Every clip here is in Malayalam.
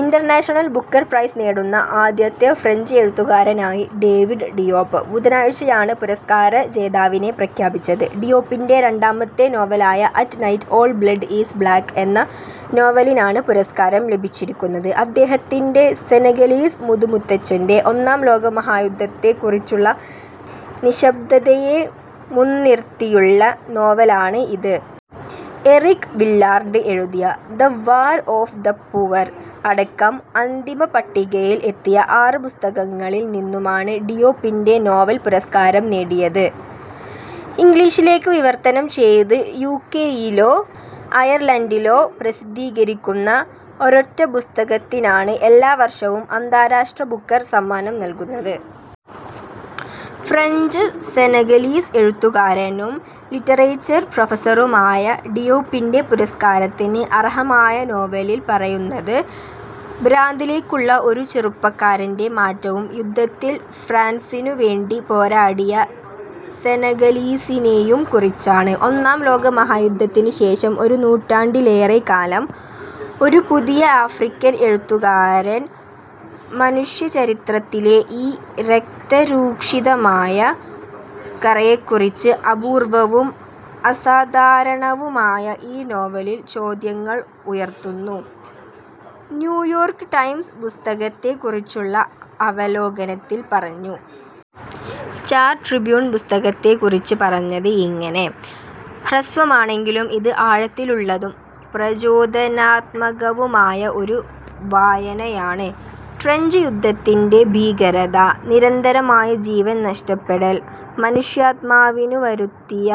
ഇന്‍റര്‍നാഷണല്‍ ബുക്കര്‍ പ്രൈസ് നേടുന്ന ആദ്യത്തെ ഫ്രഞ്ച് എഴുത്തുകാരനായി ഡേവിഡ് ഡിയോപ്. ബുധനാഴ്ചയാണ് പുരസ്കാര ജേതാവിനെ പ്രഖ്യാപിച്ചത്. ഡിയോപിന്‍റെ രണ്ടാമത്തെ നോവലായ ' at night all blood is black ' എന്ന നോവലിനാണ് പുരസ്കാരം ലഭിച്ചിരിക്കുന്നത്. അദ്ദേഹത്തിന്‍റെ സെനഗലീസ് മുതുമുത്തച്ഛന്‍റെ, ഒന്നാം ലോക മഹായുദ്ധത്തെ കുറിച്ചുള്ള നിശബ്ദതയെ മുന്നിര്‍ത്തിയുള്ള നോവലാണ് ഇത്. എറിക് വില്ലാർഡ് എഴുതിയ ' the war of the poor ' അടക്കം അന്തിമപട്ടികയിൽ എത്തിയ ആറ് പുസ്തകങ്ങളിൽ നിന്നുമാണ് ഡിയോപിന്‍റെ നോവല്‍ പുരസ്കാരം നേടിയത്. ഇംഗ്ലീഷിലേക്ക് വിവർത്തനം ചെയ്ത് യുകെയിലോ അയർലൻഡിലോ പ്രസിദ്ധീകരിക്കുന്ന ഒരൊറ്റ പുസ്തകത്തിനാണ് എല്ലാ വർഷവും അന്താരാഷ്ട്ര ബുക്കർ സമ്മാനം നൽകുന്നത്. ഫ്രഞ്ച്-സെനഗലീസ് എഴുത്തുകാരനും ലിറ്ററേച്ചർ പ്രൊഫസറുമായ ഡിയോപിന്‍റെ, പുരസ്കാരത്തിന് അര്‍ഹമായ നോവലില്‍ പറയുന്നത് ഭ്രാന്തിലേക്കുള്ള ഒരു ചെറുപ്പക്കാരന്‍റെ മാറ്റവും യുദ്ധത്തില്‍ ഫ്രാന്‍സിനുവേണ്ടി പോരാടിയ സെനഗലീസിനെയും കുറിച്ചാണ്. ' ഒന്നാം ലോകമഹായുദ്ധത്തിന് ശേഷം ഒരു നൂറ്റാണ്ടിലേറെ കാലം- ഒരു പുതിയ ആഫ്രിക്കൻ എഴുത്തുകാരൻ മനുഷ്യചരിത്രത്തിലെ ഈ രക്തരൂക്ഷിതമായ കറയെക്കുറിച്ച് അപൂർവവും അസാധാരണവുമായ ഈ നോവലിൽ ചോദ്യങ്ങൾ ഉയര്‍ത്തുന്നു ' -ന്യൂയോർക്ക് ടൈംസ് പുസ്തകത്തെ കുറിച്ചുള്ള അവലോകനത്തിൽ പറഞ്ഞു. സ്റ്റാർ ട്രിബ്യൂൺ പുസ്തകത്തെ കുറിച്ച് പറഞ്ഞത് ഇങ്ങനെ: ' ഹ്രസ്വമാണെങ്കിലും, അത് ആഴത്തിലുള്ളതും പ്രചോദനാത്മകവുമായ ഒരു വായനയാണ്. ട്രെഞ്ച് യുദ്ധത്തിന്‍റെ ഭീകരത, നിരന്തരമായ ജീവൻ നഷ്ടപ്പെടൽ, മനുഷ്യാത്മാവിനു വരുത്തിയ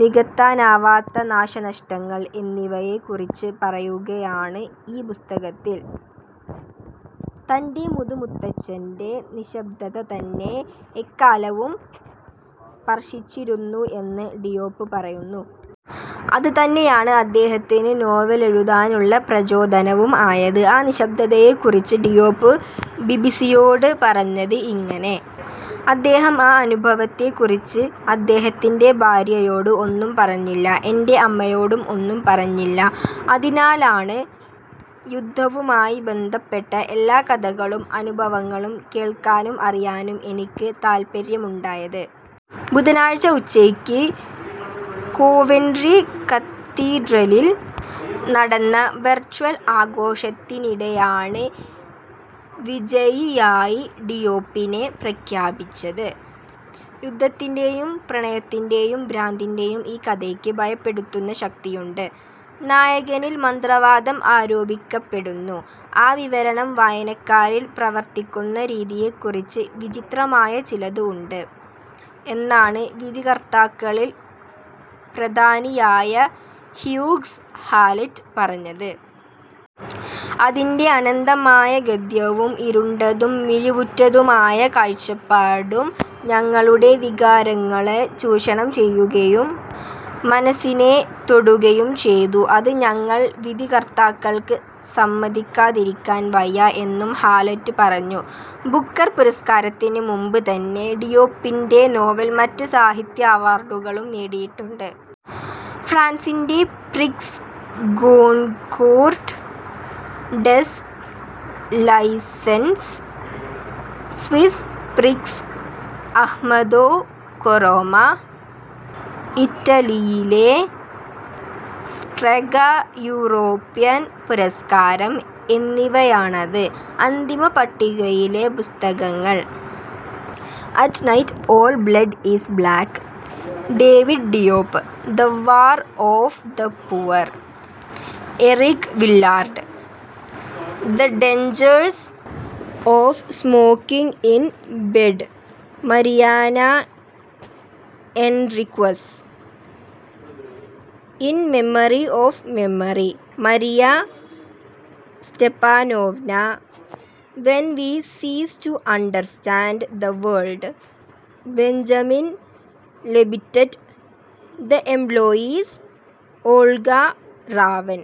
നികത്താനാവാത്ത നാശനഷ്ടങ്ങൾ എന്നിവയെ കുറിച്ച് പറയുകയാണ് ഈ പുസ്തകത്തിൽ '. തന്‍റെ മുതുമുത്തച്ഛന്‍റെ നിശബ്ദത തന്നെ എക്കാലവും സ്പർശിച്ചിരുന്നു എന്ന് ഡിയോപ് പറയുന്നു. അത് തന്നെയാണ് അദ്ദേഹത്തിന് നോവലെഴുതാനുള്ള പ്രചോദനവും ആയത്. ആ നിശബ്ദതയെ കുറിച്ച് ഡിയോപ് ബിബിസിയോട് പറഞ്ഞത് ഇങ്ങനെ, ' അദ്ദേഹം ആ അനുഭവത്തെ കുറിച്ച് അദ്ദേഹത്തിന്‍റെ ഭാര്യയോട് ഒന്നും പറഞ്ഞില്ല, എന്‍റെ അമ്മയോടും ഒന്നും പറഞ്ഞില്ല. അതിനാലാണ് യുദ്ധവുമായി ബന്ധപ്പെട്ട എല്ലാ കഥകളും അനുഭവങ്ങളും കേള്‍ക്കാനും അറിയാനും എനിക്ക് താല്പര്യമുണ്ടായത്. ' ബുധനാഴ്ച ഉച്ചയ്ക്ക് കോവെൻട്രി കത്തീഡ്രലിൽ നടന്ന വെർച്വൽ ആഘോഷത്തിനിടെയാണ് വിജയിയായി ഡിയോപിനെ പ്രഖ്യാപിച്ചത്. ' യുദ്ധത്തിന്‍റെയും പ്രണയത്തിന്‍റെയും ഭ്രാന്തിന്‍റെയും ഈ കഥയ്ക്ക് ഭയപ്പെടുത്തുന്ന ശക്തിയുണ്ട്. നായകനിൽ മന്ത്രവാദം ആരോപിക്കപ്പെടുന്നു, ആ വിവരണം വായനക്കാരിൽ പ്രവർത്തിക്കുന്ന രീതിയെക്കുറിച്ച് വിചിത്രമായ ചിലത് ഉണ്ട് ' എന്നാണ് വിധികർത്താക്കളിൽ പ്രധാനിയായ ഹ്യൂഗ്സ് ഹാലറ്റ് പറഞ്ഞത്. ' അതിന്‍റെ അനന്തമായ ഗദ്യവും ഇരുണ്ടതും മിഴിവുറ്റതുമായ കാഴ്ചപ്പാടും ഞങ്ങളുടെ വികാരങ്ങളെ ചൂഷണം ചെയ്യുകയും മനസിനെ തൊടുകയും ചെയ്തു. അത് ഞങ്ങൾ വിധികർത്താക്കൾക്ക് സമ്മതിക്കാതിരിക്കാൻ വയ്യ ' എന്നും ഹാലറ്റ് പറഞ്ഞു. ബുക്കര്‍ പുരസ്കാരത്തിന് മുമ്പ് തന്നെ, ഡിയോപ്പിന്‍റെ നോവൽ മറ്റ് സാഹിത്യ അവാർഡുകളും നേടിയിട്ടുണ്ട്. ഫ്രാൻസിന്‍റെ ' Prix Goncourt des licence ',' Swiss Prix Ahmadou Kourouma ', ഇറ്റലിയിലെ ' സ്ട്രെഗ യൂറോപ്യൻ പുരസ്കാരം ' എന്നിവയാണത്. അന്തിമപട്ടികയിലെ പുസ്തകങ്ങൾ: at night all blood is black – David Diop the war of the poor – Eric Vuillard the dangers of smoking in‍ bed – Mariana Enriquez ഇന്‍ memory of memory – Maria Stepanova when വീ സീസ് to understand the World – Benjamin Labatut The Employees – Olga Raven.